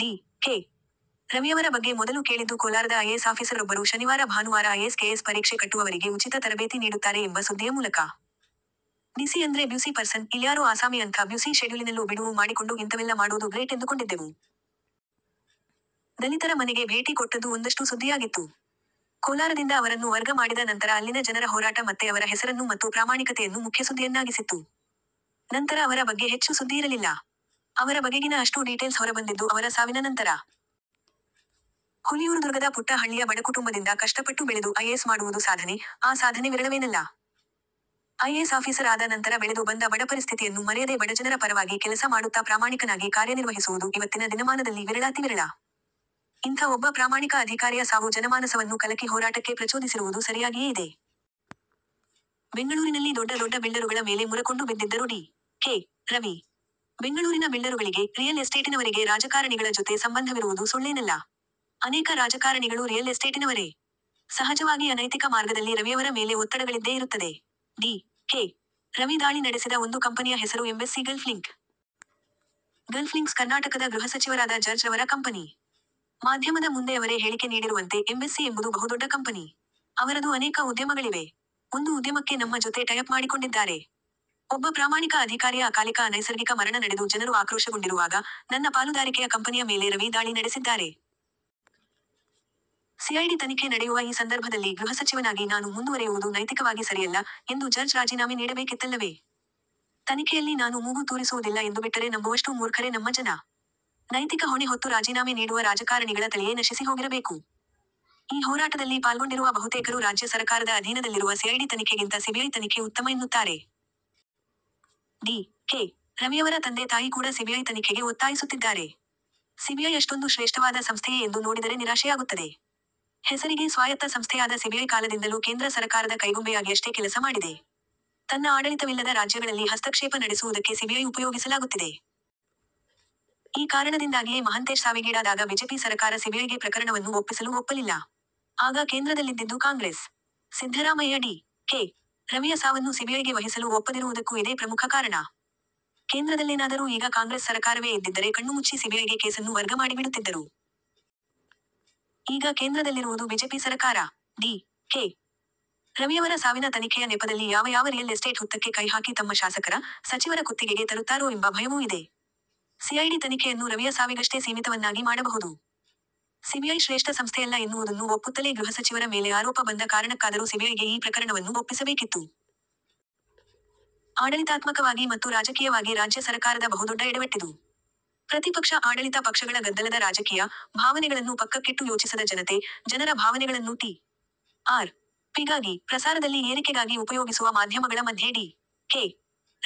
D. K. ರವಿಯವರ ಬಗ್ಗೆ ಮೊದಲು ಕೇಳಿದ್ದು ಕೋಲಾರದ ಐಎಎಸ್ ಆಫೀಸರ್ರೊಬ್ಬರು ಶನಿವಾರ ಭಾನುವಾರ ಐಎಎಸ್ ಕೆಎಎಸ್ ಪರೀಕ್ಷೆ ಕಟ್ಟುವವರಿಗೆ ಉಚಿತ ತರಬೇತಿ ನೀಡುತ್ತಾರೆ ಎಂಬ ಸುದ್ದಿಯ ಮೂಲಕ. ಡಿಸಿ ಅಂದ್ರೆ ಬ್ಯುಸಿ ಪರ್ಸನ್, ಇಲ್ಯಾರೋ ಆಸಾಮಿ ಅಂಥ ಬ್ಯುಸಿ ಶೆಡ್ಯೂಲಿನಲ್ಲೂ ಬಿಡುವು ಮಾಡಿಕೊಂಡು ಇಂತವೆಲ್ಲ ಮಾಡೋದು ಗ್ರೇಟ್ ಎಂದುಕೊಂಡಿದ್ದೆವು. ದಲಿತರ ಮನೆಗೆ ಭೇಟಿ ಕೊಟ್ಟದ್ದು ಒಂದಷ್ಟು ಸುದ್ದಿಯಾಗಿತ್ತು. ಕೋಲಾರದಿಂದ ಅವರನ್ನು ವರ್ಗ ಮಾಡಿದ ನಂತರ ಅಲ್ಲಿನ ಜನರ ಹೋರಾಟ ಮತ್ತೆ ಅವರ ಹೆಸರನ್ನು ಮತ್ತು ಪ್ರಾಮಾಣಿಕತೆಯನ್ನು ಮುಖ್ಯಸುದ್ದಿಯನ್ನಾಗಿಸಿತ್ತು. ನಂತರ ಅವರ ಬಗ್ಗೆ ಹೆಚ್ಚು ಸುದ್ದಿಯಿರಲಿಲ್ಲ. ಅವರ ಬಗೆಗಿನ ಅಷ್ಟೂ ಡೀಟೇಲ್ಸ್ ಹೊರಬಂದಿದ್ದು ಅವರ ಸಾವಿನ ನಂತರ. ಹುಲಿಯೂರುದುರ್ಗದ ಪುಟ್ಟ ಹಳ್ಳಿಯ ಬಡಕುಟುಂಬದಿಂದ ಕಷ್ಟಪಟ್ಟು ಬೆಳೆದು ಐಎಎಸ್ ಮಾಡುವುದು ಸಾಧನೆ, ಆ ಸಾಧನೆ ವಿರಳವೇನಲ್ಲ. ಐಎಎಸ್ ಆಫೀಸರ್ ಆದ ನಂತರ ಬೆಳೆದು ಬಂದ ಬಡಪರಿಸ್ಥಿತಿಯನ್ನು ಮರೆಯದೆ ಬಡಜನರ ಪರವಾಗಿ ಕೆಲಸ ಮಾಡುತ್ತ ಪ್ರಾಮಾಣಿಕನಾಗಿ ಕಾರ್ಯನಿರ್ವಹಿಸುವುದು ಇವತ್ತಿನ ದಿನಮಾನದಲ್ಲಿ ವಿರಳಾತಿ ವಿರಳ. ಇಂಥ ಒಬ್ಬ ಪ್ರಾಮಾಣಿಕ ಅಧಿಕಾರಿಯ ಸಾವು ಜನಮಾನಸವನ್ನು ಕಲಕಿ ಹೋರಾಟಕ್ಕೆ ಪ್ರಚೋದಿಸಿರುವುದು ಸರಿಯಾಗಿಯೇ ಇದೆ. ಬೆಂಗಳೂರಿನಲ್ಲಿ ದೊಡ್ಡ ದೊಡ್ಡ ಬಿಲ್ಡರುಗಳ ಮೇಲೆ ಮುರಕೊಂಡು ಬಿದ್ದಿದ್ದರು ಡಿ. ಕೆ. ರವಿ. ಬೆಂಗಳೂರಿನ ಬಿಲ್ಡರುಗಳಿಗೆ, ರಿಯಲ್ ಎಸ್ಟೇಟಿನವರಿಗೆ ರಾಜಕಾರಣಿಗಳ ಜೊತೆ ಸಂಬಂಧವಿರುವುದು ಸುಳ್ಳೇನಲ್ಲ. ಅನೇಕ ರಾಜಕಾರಣಿಗಳೂ ರಿಯಲ್ ಎಸ್ಟೇಟಿನವರೇ. ಸಹಜವಾಗಿ ಅನೈತಿಕ ಮಾರ್ಗದಲ್ಲಿ ರವಿಯವರ ಮೇಲೆ ಒತ್ತಡಗಳಿದ್ದೇ ಇರುತ್ತದೆ. ಡಿ. ಕೆ. ರವಿ ದಾಳಿ ನಡೆಸಿದ ಒಂದು ಕಂಪನಿಯ ಹೆಸರು Embassy Gulf Link. Gulf Links ಕರ್ನಾಟಕದ ಗೃಹಸಚಿವರಾದ ಜಾರ್ಜ್ ರವರ ಕಂಪನಿ. ಮಾಧ್ಯಮದ ಮುಂದೆ ಅವರೇ ಹೇಳಿಕೆ ನೀಡಿರುವಂತೆ 'ಎಂಬೆಸ್ಸಿ ಎಂಬುದು ಬಹುದೊಡ್ಡ ಕಂಪನಿ. ಅವರದು ಅನೇಕ ಉದ್ಯಮಗಳಿವೆ. ಒಂದು ಉದ್ಯಮಕ್ಕೆ ನಮ್ಮ ಜೊತೆ ಟೈಅಪ್ ಮಾಡಿಕೊಂಡಿದ್ದಾರೆ'. ಒಬ್ಬ ಪ್ರಾಮಾಣಿಕ ಅಧಿಕಾರಿಯ ಅಕಾಲಿಕ ಅನೈಸರ್ಗಿಕ ಮರಣ ನಡೆದು ಜನರು ಆಕ್ರೋಶಗೊಂಡಿರುವಾಗ 'ನನ್ನ ಪಾಲುದಾರಿಕೆಯ ಕಂಪನಿಯ ಮೇಲೆ ರವಿ ದಾಳಿ ನಡೆಸಿದ್ದಾರೆ. ಸಿಐಡಿ ತನಿಖೆ ನಡೆಯುವ ಈ ಸಂದರ್ಭದಲ್ಲಿ ಗೃಹಸಚಿವನಾಗಿ ನಾನು ಮುಂದುವರೆಯುವುದು ನೈತಿಕವಾಗಿ ಸರಿಯಲ್ಲ' ಎಂದು ಜಾರ್ಜ್ ರಾಜೀನಾಮೆ ನೀಡಬೇಕಿತ್ತಲ್ಲವೇ? ತನಿಖೆಯಲ್ಲಿ ನಾನು ಮೂಗು ತೂರಿಸುವುದಿಲ್ಲ ಎಂದುಬಿಟ್ಟರೆ ನಂಬುವಷ್ಟು ಮೂರ್ಖರೇ ನಮ್ಮ ಜನ. ನೈತಿಕ ಹೊಣೆ ಹೊತ್ತು ರಾಜೀನಾಮೆ ನೀಡುವ ರಾಜಕಾರಣಿಗಳ ತಳಿಯೇ ನಶಿಸಿಹೋಗಿರಬೇಕು. ಈ ಹೋರಾಟದಲ್ಲಿ ಪಾಲ್ಗೊಂಡಿರುವ ಬಹುತೇಕರು ರಾಜ್ಯ ಸರಕಾರದ ಅಧೀನದಲ್ಲಿರುವ ಸಿಐಡಿ ತನಿಖೆಗಿಂತ ಸಿಬಿಐ ತನಿಖೆ ಉತ್ತಮ ಎನ್ನುತ್ತಾರೆ. ಡಿ. ಕೆ. ರವಿಯವರ ತಂದೆ ತಾಯಿ ಕೂಡ ಸಿಬಿಐ ತನಿಖೆಗೆ ಒತ್ತಾಯಿಸುತ್ತಿದ್ದಾರೆ. ಸಿಬಿಐ ಅಷ್ಟೊಂದು ಶ್ರೇಷ್ಟವಾದ ಸಂಸ್ಥೆಯೇ ಎಂದು ನೋಡಿದರೆ ನಿರಾಶೆಯಾಗುತ್ತದೆ. ಹೆಸರಿಗೆ ಸ್ವಾಯತ್ತ ಸಂಸ್ಥೆಯಾದ ಸಿಬಿಐ ಕಾಲದಿಂದಲೂ ಕೇಂದ್ರ ಸರಕಾರದ ಕೈಗೊಂಬೆಯಾಗಿಯಷ್ಟೇ ಕೆಲಸ ಮಾಡಿದೆ. ತನ್ನ ಆಡಳಿತವಿಲ್ಲದ ರಾಜ್ಯಗಳಲ್ಲಿ ಹಸ್ತಕ್ಷೇಪ ನಡೆಸುವುದಕ್ಕೆ ಸಿಬಿಐ ಉಪಯೋಗಿಸಲಾಗುತ್ತಿದೆ. ಈ ಕಾರಣದಿಂದಾಗಿಯೇ ಮಹಂತೇಶ್ ಸಾವಿಗೀಡಾದಾಗ ಬಿಜೆಪಿ ಸರಕಾರ ಸಿಬಿಐಗೆ ಪ್ರಕರಣವನ್ನು ಒಪ್ಪಿಸಲು ಒಪ್ಪಲಿಲ್ಲ. ಆಗ ಕೇಂದ್ರದಲ್ಲಿದ್ದಿದ್ದು ಕಾಂಗ್ರೆಸ್! ಸಿದ್ಧರಾಮಯ್ಯ ಡಿ. ಕೆ. ರವಿಯ ಸಾವನ್ನು ಸಿಬಿಐಗೆ ವಹಿಸಲು ಒಪ್ಪದಿರುವುದಕ್ಕೂ ಇದೇ ಪ್ರಮುಖ ಕಾರಣ. ಕೇಂದ್ರದಲ್ಲೇನಾದರೂ ಈಗ ಕಾಂಗ್ರೆಸ್ ಸರಕಾರವೇ ಇದ್ದಿದ್ದರೆ ಕಣ್ಣುಮುಚ್ಚಿ ಸಿಬಿಐಗೆ ಕೇಸನ್ನು ವರ್ಗ ಮಾಡಿಬಿಡುತ್ತಿದ್ದರು. ಈಗ ಕೇಂದ್ರದಲ್ಲಿರುವುದು ಬಿಜೆಪಿ ಸರಕಾರ. ಡಿ. ಕೆ. ರವಿಯವರ ಸಾವಿನ ತನಿಖೆಯ ನೆಪದಲ್ಲಿ ಯಾವ ಯಾವ ರಿಯಲ್ ಎಸ್ಟೇಟ್ ಹುತ್ತಕ್ಕೆ ಕೈ ಹಾಕಿ ತಮ್ಮ ಶಾಸಕರ, ಸಚಿವರ ಕುತ್ತಿಗೆಗೆ ತರುತ್ತಾರೋ ಎಂಬ ಭಯವೂ ಇದೆ. ಸಿಐಡಿ ತನಿಖೆಯನ್ನು ರವಿಯ ಸಾವಿಗಷ್ಟೇ ಸೀಮಿತವನ್ನಾಗಿ ಮಾಡಬಹುದು. ಸಿಬಿಐ ಶ್ರೇಷ್ಟ ಸಂಸ್ಥೆಯಲ್ಲ ಎನ್ನುವುದುನ್ನು ಒಪ್ಪುತ್ತಲೇ ಗೃಹಸಚಿವರ ಮೇಲೆ ಆರೋಪ ಬಂದ ಕಾರಣಕ್ಕಾದರೂ ಸಿಬಿಐಗೆ ಈ ಪ್ರಕರಣವನ್ನು ಒಪ್ಪಿಸಬೇಕಿತ್ತು. ಆಡಳಿತಾತ್ಮಕವಾಗಿ ಮತ್ತು ರಾಜಕೀಯವಾಗಿ ರಾಜ್ಯ ಸರಕಾರದ ಬಹುದೊಡ್ಡ ಎಡವಟ್ಟಿದು. ಪ್ರತಿಪಕ್ಷ – ಆಡಳಿತ ಪಕ್ಷಗಳ ಗದ್ದಲದ ರಾಜಕೀಯ, ಭಾವನೆಗಳನ್ನು ಪಕ್ಕಕ್ಕಿಟ್ಟು ಯೋಚಿಸದ ಜನತೆ, ಜನರ ಭಾವನೆಗಳನ್ನು ಟಿ. ಆರ್. ಪಿಗಾಗಿ, ಪ್ರಸಾರದಲ್ಲಿ ಏರಿಕೆಗಾಗಿ ಉಪಯೋಗಿಸುವ ಮಾಧ್ಯಮಗಳ ಮಧ್ಯೆ ಡಿ. ಕೆ.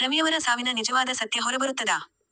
ರವಿಯವರ ಸಾವಿನ ನಿಜವಾದ ಸತ್ಯ ಹೊರಬರುತ್ತದಾ?